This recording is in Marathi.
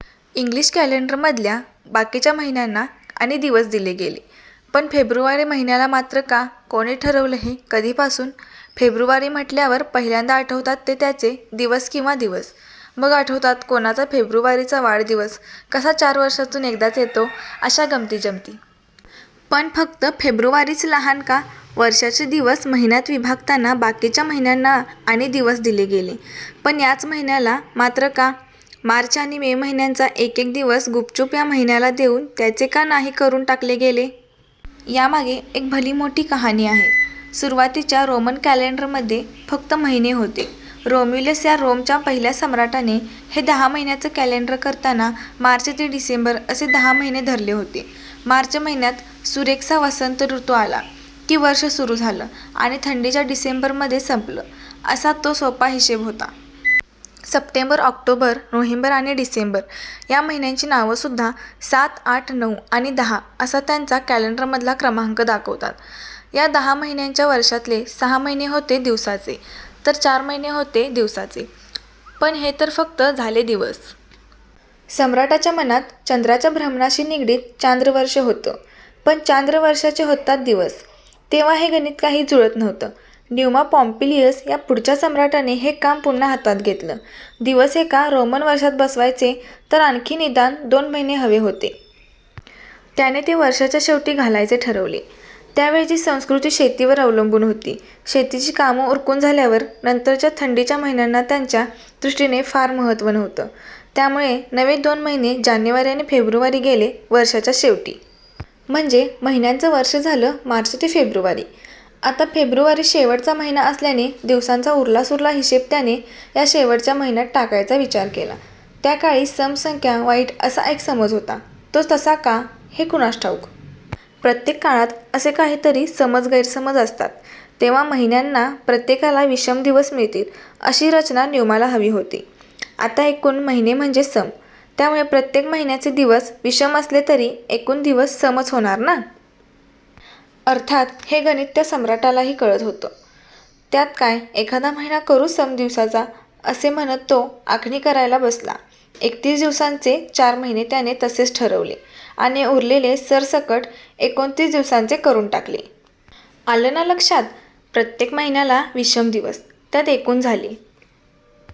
इंग्लिश कॅलेंडरमधल्या बाकीच्या महिन्यांना आणि दिवस दिले गेले, पण फेब्रुवारी महिन्याला मात्र का? कोणी ठरवलं हे? कधीपासून? फेब्रुवारी म्हटल्यावर पहिल्यांदा आठवतात ते त्याचे दिवस किंवा दिवस. मग आठवतात कोणाचा फेब्रुवारीचा वाढदिवस कसा चार वर्षांतून एकदाच येतो, अशा गमतीजमती. पण फक्त फेब्रुवारीच लहान का? वर्षाचे दिवस महिन्यात विभागताना बाकीच्या महिन्यांना आणि दिवस दिले गेले, पण याच महिन्याला मात्र का? मार्च आणि मे महिन्यांचा एक एक दिवस गुपचुप या महिन्याला देऊन त्याचे का नाही करून टाकले गेले? यामागे एक भली मोठ्ठी कहाणी आहे. सुरुवातीच्या रोमन कॅलेंडरमध्ये फक्त महिने होते. रोम्युलस या रोमच्या पहिल्या सम्राटाने हे दहा महिन्यांचं कॅलेंडर करताना मार्च ते डिसेंबर असे दहा महिने धरले होते. मार्च महिन्यात सुरेखसा वसंत ऋतू आला की वर्ष सुरू झालं आणि थंडीच्या डिसेंबरमध्ये संपलं, असा तो सोपा हिशेब होता. सप्टेंबर, ऑक्टोबर, नोव्हेंबर, आणि डिसेंबर ह्या महिन्यांची नावंसुद्धा सात, आठ, नऊ, आणि दहा असा त्यांचा कॅलेंडरमधला क्रमांक दाखवतात. या दहा महिन्यांच्या वर्षातले सहा महिने होते दिवसांचे तर चार महिने होते दिवसांचे. पण हे तर फक्त झाले दिवस. सम्राटाच्या मनात चंद्राच्या भ्रमणाशी निगडित चांद्र वर्षं होतं. पण चांद्र वर्षाचे होतात दिवस. तेव्हा हे गणित काही जुळत नव्हतं. न्यूमा पॉम्पीलियस या पुढच्या सम्राटाने हे काम पुन्हा हातात घेतलं. दिवस एका रोमन वर्षात बसवायचे तर आणखी निदान दोन महिने हवे होते. त्याने ते वर्षाच्या शेवटी घालायचे ठरवलं. त्यावेळची संस्कृती शेतीवर अवलंबून होती. शेतीची कामं उरकून झाल्यावर नंतरच्या थंडीच्या महिन्यांना त्यांच्या दृष्टीने फार महत्त्व नव्हतं. त्यामुळे नवे दोन महिने जानेवारी आणि फेब्रुवारी गेले वर्षाच्या शेवटी. म्हणजे महिन्यांचं वर्ष झालं मार्च ते फेब्रुवारी. आता फेब्रुवारी शेवटचा महिना असल्याने दिवसांचा उरलासुरला हिशेब त्याने या शेवटच्या महिन्यात टाकायचा विचार केला. त्या काळी सम संख्या वाईट असा एक समज होता. तो तसा का, हे कुणास ठाऊक. प्रत्येक काळात असे काहीतरी समज-गैरसमज असतात. तेव्हा महिन्यांना प्रत्येकाला विषम दिवस मिळतील, अशी रचना न्यूमाला हवी होती. आता एकूण महिने म्हणजे सम. त्यामुळे प्रत्येक महिन्याचे दिवस विषम असले तरी एकूण दिवस समच होणार ना? अर्थात, हे गणित त्या सम्राटालाही कळत होतं. त्यात काय, एखादा महिना करू सम दिवसाचा, असं म्हणत तो आखणी करायला बसला. एकतीस दिवसांचे चार महिने त्याने तसेच ठेवले आणि उरलेले सरसकट एकोणतीस दिवसांचे करून टाकले. आलं ना लक्षात, प्रत्येक महिन्याला विषम दिवस. त्यात एकूण झाले